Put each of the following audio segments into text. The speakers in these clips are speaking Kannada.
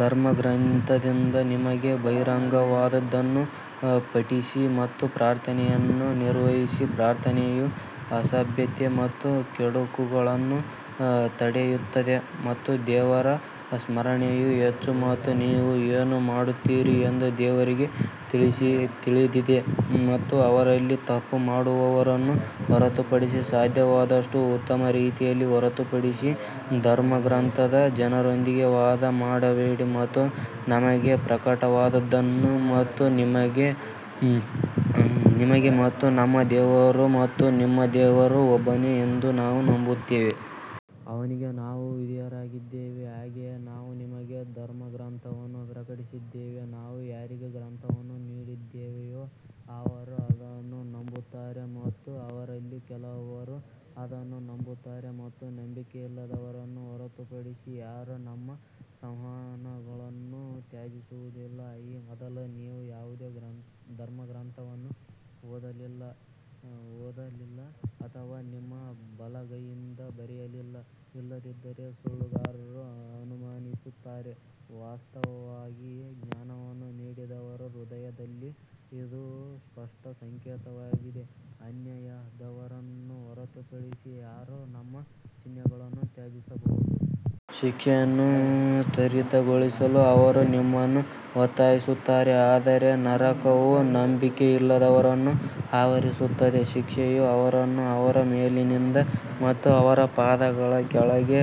ಧರ್ಮಗ್ರಂಥದಿಂದ ನಿಮಗೆ ಬಹಿರಂಗವಾದದ್ದನ್ನು ಪಠಿಸಿ ಮತ್ತು ಪ್ರಾರ್ಥನೆಯನ್ನು ನಿರ್ವಹಿಸಿ ಪ್ರಾರ್ಥನೆಯು ಅಸಭ್ಯತೆ ಮತ್ತು ಕೆಡುಕುಗಳನ್ನು ತಡೆಯುತ್ತದೆ ಮತ್ತು ದೇವರ ಸ್ಮರಣೆಯು ಹೆಚ್ಚು ಮತ್ತು ನೀವು ಏನು ಮಾಡುತ್ತೀರಿ ಎಂದು ದೇವರಿಗೆ ತಿಳಿದಿದೆ ಮತ್ತು ಅವರಲ್ಲಿ ತಪ್ಪು ಮಾಡುವವರನ್ನು ಹೊರತುಪಡಿಸಿ ಸಾಧ್ಯವಾದಷ್ಟು ಉತ್ತಮ ರೀತಿಯಲ್ಲಿ ಹೊರತುಪಡಿಸಿ ಧರ್ಮಗ್ರಂಥದ ಜನರೊಂದಿಗೆ ವಾದ ಮಾಡಬೇಡಿ ಮತ್ತು ನಮಗೆ ಪ್ರಕಟವಾದದ್ದನ್ನು ಮತ್ತು ನಿಮಗೆ ಮತ್ತು ನಮ್ಮ ದೇವರು ಮತ್ತು ನಿಮ್ಮ ದೇವರು ಒಬ್ಬನೇ ಎಂದು ನಾವು ನಂಬುತ್ತೇವೆ. ಅವನಿಗೆ ನಾವು ವಿಧೇಯರಾಗಿದ್ದೇವೆ ಹಾಗೆಯೇ ನಾವು ನಿಮಗೆ ಧರ್ಮಗ್ರಂಥವನ್ನು ಪ್ರಕಟಿಸಿದ್ದೇವೆ, ನಾವು ಯಾರಿಗೆ ಗ್ರಂಥವನ್ನು ನೀಡಿದ್ದೇವೆಯೋ ಅವರು ಅದನ್ನು ನಂಬುತ್ತಾರೆ ಮತ್ತು ಅವರಲ್ಲಿ ಕೆಲವರು ಅದನ್ನು ನಂಬುತ್ತಾರೆ ಮತ್ತು ನಂಬಿಕೆಯಿಲ್ಲದವರನ್ನು ಹೊರತುಪಡಿಸಿ ಯಾರೂ ನಮ್ಮ ಸಂವಹನಗಳನ್ನು ತ್ಯಜಿಸುವುದಿಲ್ಲ. ಈ ಮೊದಲು ನೀವು ಯಾವುದೇ ಧರ್ಮಗ್ರಂಥವನ್ನು ಓದಲಿಲ್ಲ ಅಥವಾ ನಿಮ್ಮ ಬಲಗೈಯಿಂದ ಬರೆಯಲಿಲ್ಲ ಇಲ್ಲದಿದ್ದರೆ ಸುಳ್ಳುಗಾರರು ಅನುಮಾನಿಸುತ್ತಾರೆ ವಾಸ್ತವವಾಗಿ, ಜ್ಞಾನವನ್ನು ನೀಡಿದವರ ಹೃದಯದಲ್ಲಿ ಇದು ಸ್ಪಷ್ಟ ಸಂಕೇತವಾಗಿದೆ, ಅನ್ಯಾಯದವರನ್ನು ಹೊರತುಪಡಿಸಿ ಯಾರೂ ನಮ್ಮ ಚಿಹ್ನೆಗಳನ್ನು ತ್ಯಜಿಸುವುದಿಲ್ಲ. ಶಿಕ್ಷೆಯನ್ನು ತ್ವರಿತಗೊಳಿಸಲು ಅವರು ನಿಮ್ಮನ್ನು ಒತ್ತಾಯಿಸುತ್ತಾರೆ ಆದರೆ ನರಕವು ನಂಬಿಕೆಯಿಲ್ಲದವರನ್ನು ಆವರಿಸುತ್ತದೆ ಶಿಕ್ಷೆಯು ಅವರನ್ನು ಅವರ ಮೇಲಿನಿಂದ ಮತ್ತು ಅವರ ಪಾದಗಳ ಕೆಳಗೆ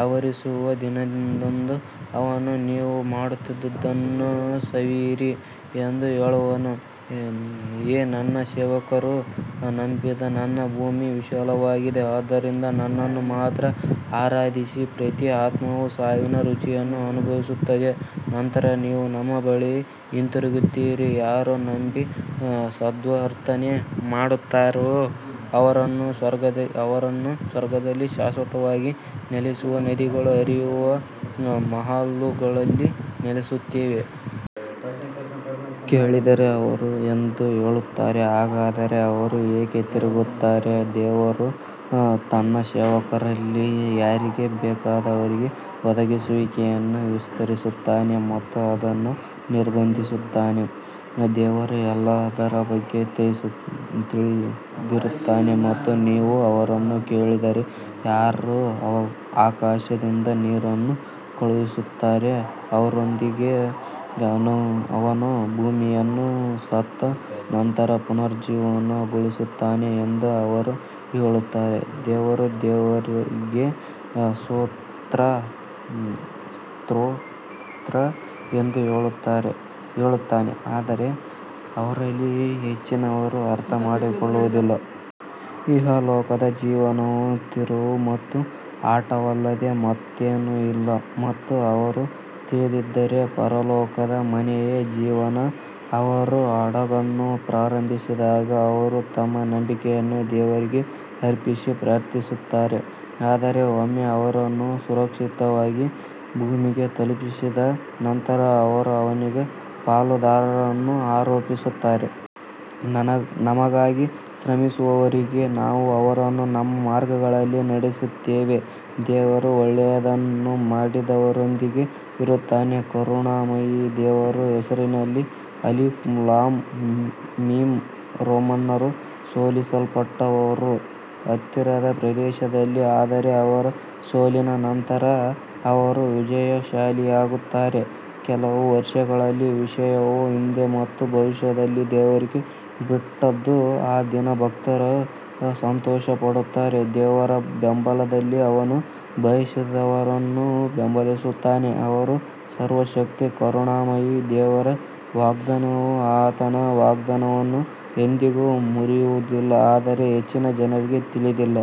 ಆವರಿಸುವ ದಿನದಂದು ಅವನು ನೀವು ಮಾಡುತ್ತಿದ್ದುದನ್ನು ಸವಿಯಿರಿ ಎಂದು ಹೇಳುವನು. ಓ ನನ್ನ ಸೇವಕರು ನಂಬಿದ ನನ್ನ ಭೂಮಿ ವಿಶಾಲವಾಗಿದೆ ಆದ್ದರಿಂದ ನನ್ನನ್ನು ಮಾತ್ರ ಆರಾಧಿಸಿ ಪ್ರತಿ ಆತ್ಮವು ಸಾವಿನ ರುಚಿಯನ್ನು ಅನುಭವಿಸುತ್ತದೆ ನಂತರ ನೀವು ನಮ್ಮ ಬಳಿಗೆ ಹಿಂತಿರುಗುತ್ತೀರಿ ಯಾರು ನಂಬಿ ಸದ್ವರ್ತನೆ ಮಾಡುತ್ತಾರೆಯೋ ಅವರನ್ನು ಸ್ವರ್ಗದಲ್ಲಿ ಶಾಶ್ವತವಾಗಿ ನೆಲೆಸುವ ನದಿಗಳು ಹರಿಯುವ ಮಹಲುಗಳಲ್ಲಿ ನೆಲೆಸುತ್ತೇವೆ. ಕೇಳಿದರೆ ಅವರು ದೇವರು ಎಂದು ಹೇಳುತ್ತಾರೆ ಹಾಗಾದರೆ ಅವರು ಏಕೆ ತಿರುಗುತ್ತಾರೆ ದೇವರು ತನ್ನ ಸೇವಕರಲ್ಲಿ ಯಾರಿಗೆ ಬೇಕಾದವರಿಗೆ ಒದಗಿಸುವಿಕೆಯನ್ನು ವಿಸ್ತರಿಸುತ್ತಾನೆ ಮತ್ತು ಅದನ್ನು ನಿರ್ಬಂಧಿಸುತ್ತಾನೆ ದೇವರು ಎಲ್ಲದರ ಬಗ್ಗೆ ತಿಳಿದಿರುತ್ತಾನೆ ಮತ್ತು ನೀವು ಅವರನ್ನು ಕೇಳಿದರೆ ಯಾರು ಆಕಾಶದಿಂದ ನೀರನ್ನು ಕಳುಹಿಸುತ್ತಾರೆ, ಅದರೊಂದಿಗೆ ಅವನು ಭೂಮಿಯನ್ನು ಸತ್ತ ನಂತರ ಪುನರುಜ್ಜೀವನಗೊಳಿಸುತ್ತಾನೆ ಎಂದು ಅವರು ಹೇಳುತ್ತಾರೆ, ದೇವರು ದೇವರಿಗೆ ಸ್ತೋತ್ರ ಎಂದು ಹೇಳುತ್ತಾನೆ ಆದರೆ ಅವರಲ್ಲಿ ಹೆಚ್ಚಿನವರು ಅರ್ಥಮಾಡಿಕೊಳ್ಳುವುದಿಲ್ಲ. ಇಹಲೋಕದ ಜೀವನವು ತಿರುವು ಮತ್ತು ಆಟವಲ್ಲದೇ ಮತ್ತೇನೂ ಅಲ್ಲ ಮತ್ತು ಅವರು ತಿಳಿದಿದ್ದರೆ ಪರಲೋಕದ ಮನೆಯೇ ಜೀವನ ಅವರು ಹಡಗನ್ನು ಪ್ರಾರಂಭಿಸಿದಾಗ ಅವರು ತಮ್ಮ ನಂಬಿಕೆಯನ್ನು ದೇವರಿಗೆ ಅರ್ಪಿಸಿ ಪ್ರಾರ್ಥಿಸುತ್ತಾರೆ ಆದರೆ ಒಮ್ಮೆ ಅವರನ್ನು ಸುರಕ್ಷಿತವಾಗಿ ಭೂಮಿಗೆ ತಲುಪಿಸಿದ ನಂತರ ಅವರು ಅವನಿಗೆ ಪಾಲುದಾರರನ್ನು ಆರೋಪಿಸುತ್ತಾರೆ. ನಮಗಾಗಿ ಶ್ರಮಿಸುವವರಿಗೆ ನಾವು ಅವರನ್ನು ನಮ್ಮ ಮಾರ್ಗಗಳಲ್ಲಿ ನಡೆಸುತ್ತೇವೆ, ದೇವರು ಒಳ್ಳೆಯದನ್ನು ಮಾಡುವವರೊಂದಿಗೆ ಇರುತ್ತಾನೆ ಕರುಣಾಮಯಿ ದೇವರ ಹೆಸರಿನಲ್ಲಿ ಅಲಿಫ್ ಲಾಮ್ ಮೀಮ್ ರೋಮನ್ನರು ಸೋಲಿಸಲ್ಪಟ್ಟರು ಹತ್ತಿರದ ಪ್ರದೇಶದಲ್ಲಿ ಆದರೆ ಅವರ ಸೋಲಿನ ನಂತರ ಅವರು ವಿಜಯಶಾಲಿಯಾಗುತ್ತಾರೆ ಕೆಲವು ವರ್ಷಗಳಲ್ಲಿ ವಿಷಯವು ಹಿಂದೆ ಮತ್ತು ಭವಿಷ್ಯದಲ್ಲಿ ದೇವರಿಗೆ ಬಿಟ್ಟದ್ದು ಆ ದಿನ ಭಕ್ತರು ಸಂತೋಷಪಡುತ್ತಾರೆ ದೇವರ ಬೆಂಬಲದಲ್ಲಿ ಅವನು ಬಯಸಿದವರನ್ನು ಬೆಂಬಲಿಸುತ್ತಾನೆ ಅವನು ಸರ್ವಶಕ್ತ ಕರುಣಾಮಯಿ ದೇವರ ವಾಗ್ದಾನವು ಆತನ ವಾಗ್ದಾನವನ್ನು ಎಂದಿಗೂ ಮುರಿಯುವುದಿಲ್ಲ ಆದರೆ ಹೆಚ್ಚಿನ ಜನರಿಗೆ ತಿಳಿದಿಲ್ಲ.